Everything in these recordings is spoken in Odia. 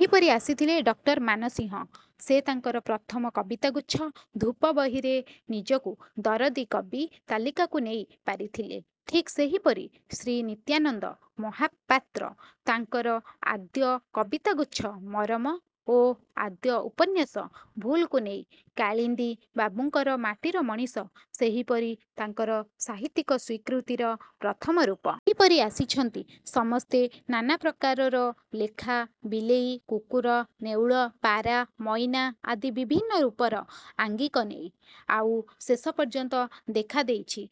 ସେହିପରି ଆସିଥିଲେ ଡକ୍ଟର ମାନସିଂହ। ସେ ତାଙ୍କର ପ୍ରଥମ କବିତାଗୁଚ୍ଛ ଧୂପ ବହିରେ ନିଜକୁ ଦରଦୀ କବି ତାଲିକାକୁ ନେଇ ପାରିଥିଲେ। ଠିକ୍ ସେହିପରି ଶ୍ରୀ ନିତ୍ୟାନନ୍ଦ ମହାପାତ୍ର ତାଙ୍କର ଆଦ୍ୟ କବିତାଗୁଚ୍ଛ 'ମରମ' ଓ ଆଦ୍ୟ ଉପନ୍ୟାସ ଭୁଲ୍ କୁ ନେଇ। କାଳିନ୍ଦୀ ବାବୁଙ୍କର ମାଟିର ମଣିଷ ସେହିପରି ତାଙ୍କର ସାହିତ୍ୟିକ ସ୍ୱୀକୃତିର ପ୍ରଥମ ରୂପ-। ଏହିପରି ଆସିଛନ୍ତି ସମସ୍ତେ ନାନାପ୍ରକାରର ଲେଖା–ବିଲେଇ, କୁକୁର, ନେଉଳ, ପାରା, ମଇନା ଆଦି ବିଭିନ୍ନ ରୂପର ଆଙ୍ଗିକ ନେଇ। ଆଉ ଶେଷ ପର୍ଯ୍ୟନ୍ତ ଦେଖା ଦେଇଛି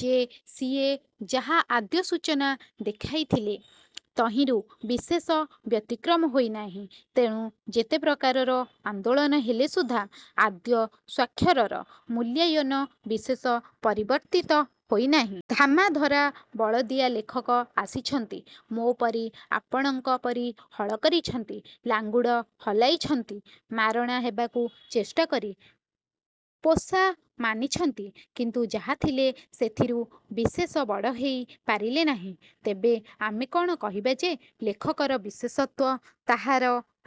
ଯେ ସିଏ ଯାହା ଆଦ୍ୟ ସୂଚନା ଦେଖାଇଥିଲେ ତହିଁରୁ ବିଶେଷ ବ୍ୟତିକ୍ରମ ହୋଇନାହିଁ। ତେଣୁ ଯେତେ ପ୍ରକାରର ଆନ୍ଦୋଳନ ହେଲେ ସୁଦ୍ଧା ଆଦ୍ୟ ସ୍ୱାକ୍ଷରର ମୂଲ୍ୟାୟନ ବିଶେଷ ପରିବର୍ତ୍ତିତ ହୋଇନାହିଁ। ଧାମାଧରା ବଳଦିଆ ଲେଖକ ଆସିଛନ୍ତି। ମୋ'ପରି ଆପଣଙ୍କ ପରି ହଳ କରିଛନ୍ତି। ଲାଙ୍ଗୁଡ଼ ହଲାଇଛନ୍ତି। ମାରଣା ହେବାକୁ ଚେଷ୍ଟା କରି ପୋଷା ମାନିଛନ୍ତି। କିନ୍ତୁ ଯାହା ଥିଲେ ସେଥିରୁ ବିଶେଷ ବଡ଼ ହେଇ ପାରିଲେ ନାହିଁ। ତେବେ ଆମେ କ'ଣ କହିବା ଯେ ଲେଖକର ବିଶେଷତ୍ୱ ତାହାର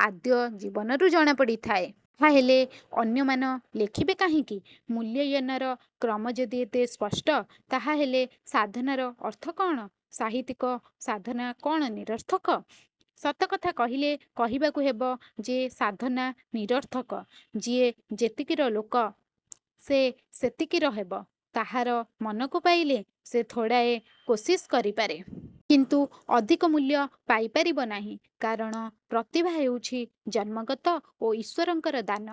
ଆଦ୍ୟ ଜୀବନରୁ ଜଣାପଡ଼ିଥାଏ? ତାହାହେଲେ ଅନ୍ୟମାନ ଲେଖିବେ କାହିଁକି? ମୂଲ୍ୟୟନର କ୍ରମ ଯଦି ଏତେ ସ୍ପଷ୍ଟ ତାହାହେଲେ ସାଧନାର ଅର୍ଥ କ'ଣ? ସାହିତ୍ୟିକ ସାଧନା କ'ଣ ନିରର୍ଥକ। ସତକଥା କହିଲେ କହିବାକୁ ହେବ ଯେ ସାଧନା ନିରର୍ଥକ। ଯିଏ ଯେତିକିର ଲୋକ ସେ ସେତିକିର ହେବ। ତାହାର ମନକୁ ପାଇଲେ ସେ ଥୋଡ଼ାଏ କୋସିସ୍ କରିପାରେ। କିନ୍ତୁ ଅଧିକ ମୂଲ୍ୟ ପାଇପାରିବ ନାହିଁ। କାରଣ ପ୍ରତିଭା ହେଉଛି ଜନ୍ମଗତ ଓ ଈଶ୍ୱରଙ୍କର ଦାନ।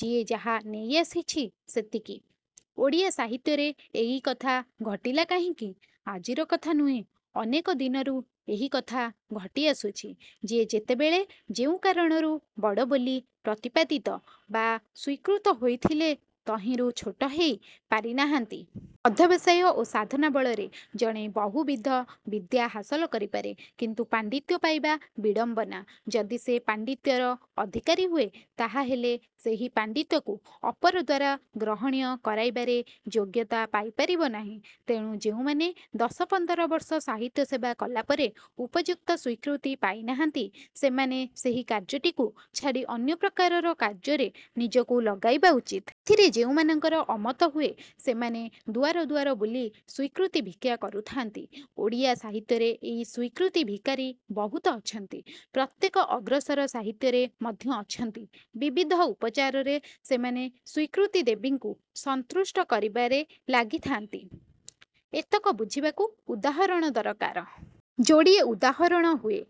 ଯିଏ ଯାହା ନେଇ ଆସିଛି–ସେତିକି। ଓଡ଼ିଆ ସାହିତ୍ୟରେ ଏଇକଥା ଘଟିଲା କାହିଁକି? ଆଜିର କଥା ନୁହେଁ–ଅନେକ ଦିନରୁ ଏହିକଥା ଘଟି ଆସୁଛି। ଯିଏ ଯେତେବେଳେ ଯେଉଁ କାରଣରୁ ବଡ଼ ବୋଲି ପ୍ରତିପାଦିତ ବା ସ୍ୱୀକୃତ ହୋଇଥିଲେ ତହିଁରୁ ଛୋଟ ହେଇ ପାରିନାହାନ୍ତି। ଅଧ୍ୟବସାୟ ଓ ସାଧନା ବଳରେ ଜଣେ ବହୁବିଧ ବିଦ୍ୟା ହାସଲ କରିପାରେ। କିନ୍ତୁ ପାଣ୍ତିତ୍ୟ ପାଇବା ବିଡ଼ମ୍ବନା। ଯଦି ସେ ପାଣ୍ତିତ୍ୟର ଅଧିକାରୀ ହୁଏ ତାହାହେଲେ ସେହି ପାଣ୍ତିତ୍ୟକୁ ଅପର ଦ୍ୱାରା ଗ୍ରହଣୀୟ କରାଇବାରେ ଯୋଗ୍ୟତା ପାଇ ପାରିବ ନାହିଁ। ତେଣୁ ଯେଉଁମାନେ ଦଶ ପନ୍ଦରବର୍ଷ ସାହିତ୍ୟ ସେବା କଲାପରେ ଉପଯୁକ୍ତ ସ୍ୱୀକୃତି ପାଇନାହାନ୍ତି ସେମାନେ ସେହି କାର୍ଯ୍ୟଟିକୁ ଛାଡ଼ି ଅନ୍ୟ ପ୍ରକାରର କାର୍ଯ୍ୟରେ ନିଜକୁ ଲଗାଇବା ଉଚିତ୍। ଏଥିରେ ଯେଉଁମାନଙ୍କର ଅମତ ହୁଏ ସେମାନେ ଦୁଆର ଦୁଆର ବୁଲି ସ୍ୱୀକୃତି ଭିକ୍ଷା କରୁଥାନ୍ତି। ଓଡ଼ିଆ ସାହିତ୍ୟରେ ଏଇ ସ୍ୱୀକୃତି ଭିକାରୀ ବହୁତ ଅଛନ୍ତି। ପ୍ରତ୍ୟେକ ଅଗ୍ରସର ସାହିତ୍ୟରେ ମଧ୍ୟ ଅଛନ୍ତି। ବିବିଧ ଉପଚାରରେ ସେମାନେ ସ୍ୱୀକୃତିଦେବୀଙ୍କୁ ସନ୍ତୁଷ୍ଟ କରିବାରେ ଲାଗିଥାନ୍ତି। ଏତକ ବୁଝିବାକୁ ଉଦାହରଣ ଦରକାର। ଯୋଡ଼ିଏ ଉଦାହରଣ ହୁଏ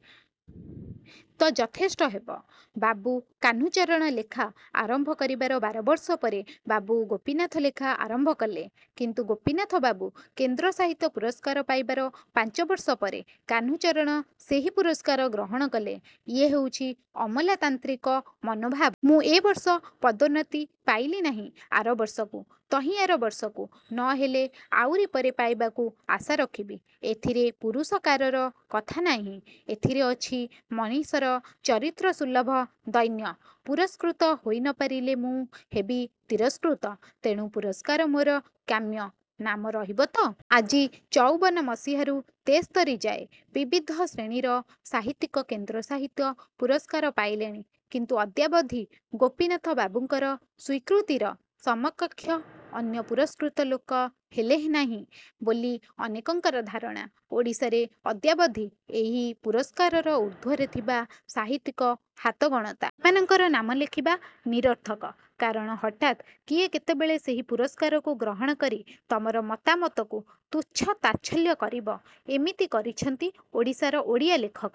ତ ଯଥେଷ୍ଟ ହେବ-। ବାବୁ କାହ୍ନୁଚରଣ ଲେଖା ଆରମ୍ଭ କରିବାର ବାରବର୍ଷ ପରେ ବାବୁ ଗୋପୀନାଥ ଲେଖା ଆରମ୍ଭ କଲେ। କିନ୍ତୁ ଗୋପୀନାଥବାବୁ କେନ୍ଦ୍ର ସାହିତ୍ୟ ପୁରସ୍କାର ପାଇବାର ପାଞ୍ଚବର୍ଷ ପରେ କାହ୍ନୁଚରଣ ସେହି ପୁରସ୍କାର ଗ୍ରହଣ କଲେ। ଇଏ ହେଉଛି ଅମଲାତାନ୍ତ୍ରିକ ମନୋଭାବ। ମୁଁ ଏବର୍ଷ ପଦୋନ୍ନତି ପାଇଲି ନାହିଁ–ଆର ବର୍ଷକୁ–ତହିଁଆର ବର୍ଷକୁ–ନ ହେଲେ ଆଉରି ପରେ ପାଇବାକୁ ଆଶା ରଖିବି। ଏଥିରେ ପୁରୁଷକାରର କଥା ନାହିଁ। ଏଥିରେ ଅଛି ମଣିଷର ଚରିତ୍ରସୁଲଭ ଦୈନ୍ୟ। ପୁରସ୍କୃତ ହୋଇ ନ ପାରିଲେ ମୁଁ ହେବି ତିରସ୍କୃତ। ତେଣୁ ପୁରସ୍କାର ମୋର କାମ୍ୟ–ନାମ ରହିବ ତ। ଆଜି ଚଉବନ ମସିହାରୁ ତେସ୍ତରୀ ଯାଏ ବିବିଧ ଶ୍ରେଣୀର ସାହିତ୍ୟିକ କେନ୍ଦ୍ର ସାହିତ୍ୟ ପୁରସ୍କାର ପାଇଲେଣି। କିନ୍ତୁ ଅଦ୍ୟାବଧି ଗୋପୀନାଥ ବାବୁଙ୍କର ସ୍ୱୀକୃତିର ସମକକ୍ଷ ଅନ୍ୟ ପୁରସ୍କୃତ ଲୋକେ ହେଲେ ନାହିଁ ବୋଲି ଅନେକଙ୍କର ଧାରଣା। ଓଡ଼ିଶାରେ ଅଦ୍ୟାବଧି ଏହି ପୁରସ୍କାରର ଊର୍ଦ୍ଧ୍ୱରେ ଥିବା ସାହିତ୍ୟିକ ହାତଗଣତା। ସେମାନଙ୍କର ନାମ ଲେଖିବା ନିରର୍ଥକ। କାରଣ ହଠାତ୍ କିଏ କେତେବେଳେ ସେହି ପୁରସ୍କାରକୁ ଗ୍ରହଣ କରି ତମର ମତାମତକୁ ତୁଚ୍ଛ ତାଚ୍ଛଲ୍ୟ କରିବ। ଏମିତି କରିଛନ୍ତି ଓଡ଼ିଶାର ଓଡ଼ିଆ ଲେଖକ।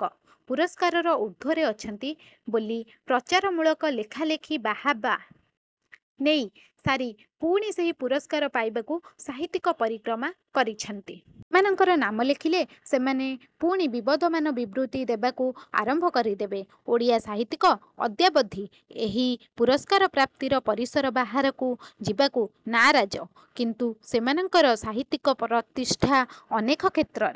ପୁରସ୍କାରର ଊର୍ଦ୍ଧ୍ୱରେ ଅଛନ୍ତି ବୋଲି ପ୍ରଚାରମୂଳକ ଲେଖା ଲେଖି ବାହାବା ନେଇ ସାରି ପୁଣି ସେହି ପୁରସ୍କାର ପାଇବାକୁ ସାହିତ୍ୟିକ ପରିକ୍ରମା କରିଛନ୍ତି। ସେମାନଙ୍କର ନାମ ଲେଖିଲେ ସେମାନେ ପୁଣି ବିବଦମାନ ବିବୃତି ଦେବାକୁ ଆରମ୍ଭ କରିଦେବେ। ଓଡ଼ିଆ ସାହିତ୍ୟିକ ଅଦ୍ୟାବଧି ଏହି ପୁରସ୍କାର ପ୍ରାପ୍ତିର ପରିସର ବାହାରକୁ ଯିବାକୁ ନାରାଜ। କିନ୍ତୁ ସେମାନଙ୍କର ସାହିତ୍ୟିକ ପ୍ରତିଷ୍ଠା ଅନେକ କ୍ଷେତ୍ରରେ।